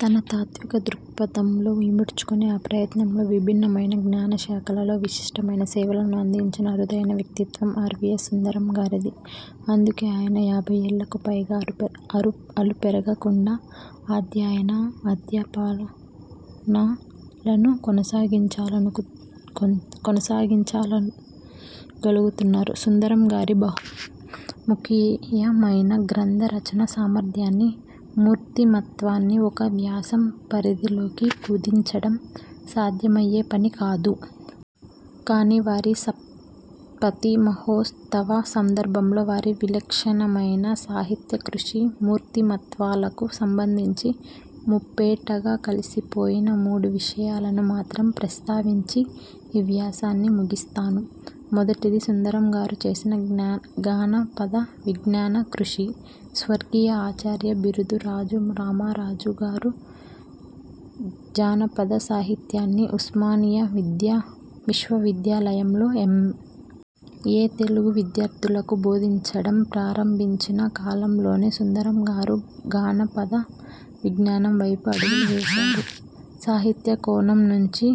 తన తాత్విక దృక్పథంలో ఇముడ్చుకొని, ఆ ప్రయత్నంలో విభిన్నమైన జ్ఞాన శాఖలలో విశిష్టమైన సేవలను అందించిన అరుదైన వ్యక్తిత్వం ఆర్వీయస్ సుందరం గారిది. అందుకే ఆయన యాభై ఏళ్ళకు పైగా అలుపెరగకుండా అధ్యయన, అధ్యాపనాలను కొనసాగించగలుగుతున్నారు. సుందరం గారి బహుముఖీయమైన గ్రంథ రచన సామర్థ్యాన్ని, మూర్తీమత్వాన్ని, ఒక వ్యాసం పరిధిలోకి కుదించడం సాధ్యమయ్యే పని కాదు. కానీ, వారి సప్తతి మహోత్సవ సందర్భంలో వారి విలక్షణమైన సాహిత్య కృషి, మూర్తిమత్వాలకు సంబంధించి ముప్పేటగా కలిసిపోయిన మూడు విషయాలను మాత్రం ప్రస్తావించి ఈ వ్యాసాన్ని ముగిస్తాను. మొదటిది సుందరంగారు చేసిన జానపద విజ్ఞాన కృషి. స్వర్గీయ ఆచార్య బిరుదురాజు రామరాజు గారు జానపద సాహిత్యాన్ని ఉస్మానియా విశ్వవిద్యాలయంలో ఎమ్. ఏ. తెలుగు విద్యార్థులకు బోధించడం ప్రారంభించిన కాలంలోనే సుందరంగారు, జానపద విజ్ఞానం వైపు అడుగులు వేశారు. సాహిత్య కోణం నుంచి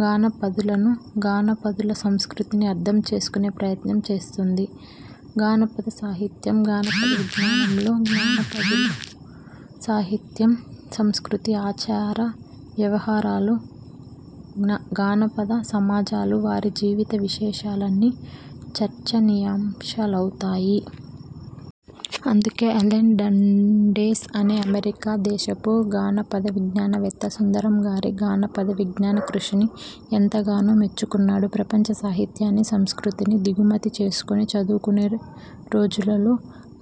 జానపదులను, జానపదుల సంస్కృతిని అర్థం చేసుకొనే ప్రయత్నం చేస్తుంది జానపద సాహిత్యం. జానపద విజ్ఞానంలో జానపదుల సాహిత్యం, సంస్కృతి, ఆచార వ్యవహారాలు, జానపద సమాజాలు, వారి జీవిత విశేషాలన్నీ చర్చనీయాంశాలవుతాయి. అందుకే అలెన్ డండెస్ అనే అమెరికా దేశపు జానపద విజ్ఞానవేత్త సుందరం గారి జానపద విజ్ఞాన కృషిని ఎంతగానో మెచ్చుకున్నాడు. ప్రపంచ సాహిత్యాన్ని, సంస్కృతిని దిగుమతి చేసుకొని చదువుకునే రోజులలో,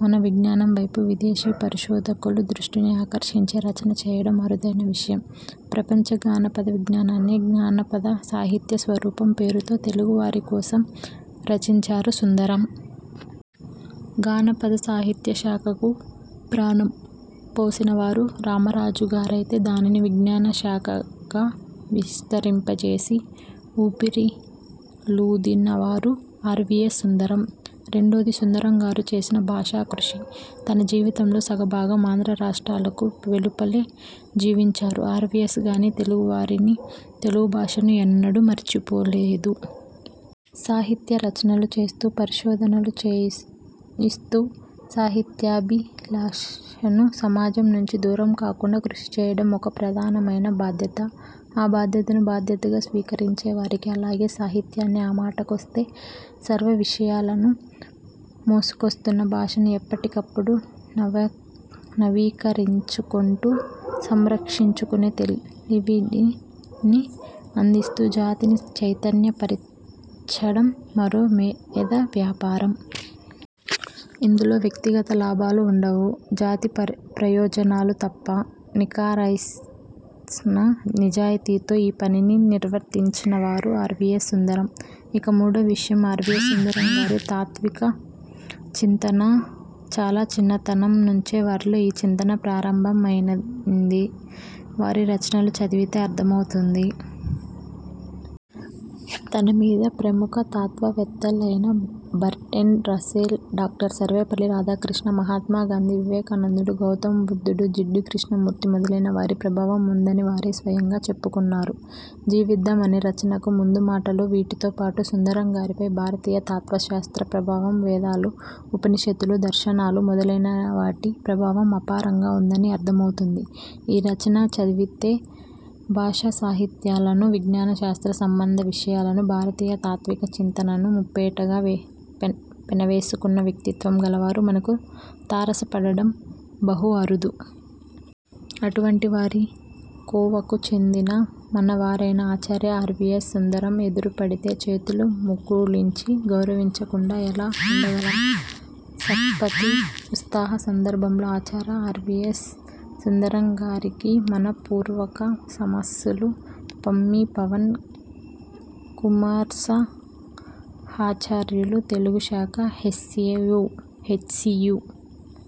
మన విజ్ఞానంవైపు, విదేశీ పరిశోధకుల దృష్టిని ఆకర్షించే రచన చేయడం అరుదైన విషయం. ప్రపంచ జానపద విజ్ఞానాన్ని 'జానపద సాహిత్య స్వరూపం' పేరుతో తెలుగు వారికోసం రచించారు సుందరం. జానపద సాహిత్య శాఖకు ప్రాణం పోసినవారు రామరాజుగారైతే, దానిని విజ్ఞాన శాఖగా విస్తరింపజేసి, ఊపిరులూదినవారు ఆర్వీయస్ సుందరం. రెండోది – సుందరం గారు చేసిన భాషా కృషి. తన జీవితంలో సగభాగం ఆంధ్ర రాష్ట్రాల కు వెలుపలే జీవించారు ఆర్వీయస్. కానీ, తెలుగువారిని, తెలుగు భాషను ఎన్నడూ మరిచిపోలేదు. సాహిత్య రచనలు చేస్తూ, పరిశోధనలు చేయిస్తూ, సాహిత్యాభిలాషను సమాజం నుంచి దూరం కాకుండా కృషిచేయడం ఒక ప్రధానమైన బాధ్యత – ఆ బాధ్యతను బాధ్యతగా స్వీకరించేవారికి. అలాగే, సాహిత్యాన్ని, ఆ మాటకొస్తే, సర్వవిషయాలను మోసుకొస్తున్న భాషను ఎప్పటికప్పుడు నవీకరించుకొంటూ, సంరక్షించుకొనే తెలివిడిని అందిస్తూ, జాతిని చైతన్య పరచడం మరో మేధా వ్యాపారం. ఇందులో వ్యక్తిగత లాభాలు ఉండవు జాతి ప్రయోజనాలు తప్ప! నిఖార్సైన నిజాయితీతో ఈ పనిని నిర్వర్తించినవారు ఆర్వీయస్ సుందరం. ఇక, మూడో విషయం – ఆర్వీయస్ సుందరం గారి తాత్విక చింతన. చాలా చిన్నతనం నుంచే వారిలో ఈ చింతన ప్రారంభమైందని వారి రచనలు చదివితే అర్థమవుతుంది. తన మీద ప్రముఖ తత్వవేత్తలైన Bertrand Russell, doctor Sarvepalli Radhakrishna, Mahatma Gandhi, వివేకానందుడు, గౌతమ బుద్ధుడు, జిడ్డు కృష్ణమూర్తి మొదలైన వారి ప్రభావం ఉందని వారే స్వయంగా చెప్పుకున్నారు 'జీవిద్దాం' అనే రచనకు ముందుమాటలో వీటితోపాటు సుందరం గారిపై భారతీయ తత్వశాస్త్ర ప్రభావం, వేదాలు, ఉపనిషత్తులు, దర్శనాలు మొదలైనవాటి ప్రభావం అపారంగా ఉందని అర్థమవుతుంది, ఈ రచన చదివితే భాషాసాహిత్యాలను, విజ్ఞాన శాస్త్ర సంబంధ విషయాలను, భారతీయ తాత్విక చింతనను ముప్పేటగా పెనవేసుకొన్న వ్యక్తిత్వం గలవారు మనకు తారసపడడం బహు అరుదు. అటువంటి వారి కోవకు చెందిన, మనవారైన ఆచార్య ఆర్వీయస్ సుందరం ఎదురుపడితే చేతులు ముకుళించి గౌరవించకుండా ఎలా ఉండగలం? సప్తతి ఉత్సవ సందర్భంలో ఆచార్య ఆర్వీయస్ సుందరం గారికి మనఃపూర్వక నమస్సులు. పమ్మి పవన్ కుమార్సహాచార్యులు, తెలుగుశాఖ, హెచ్సీయూ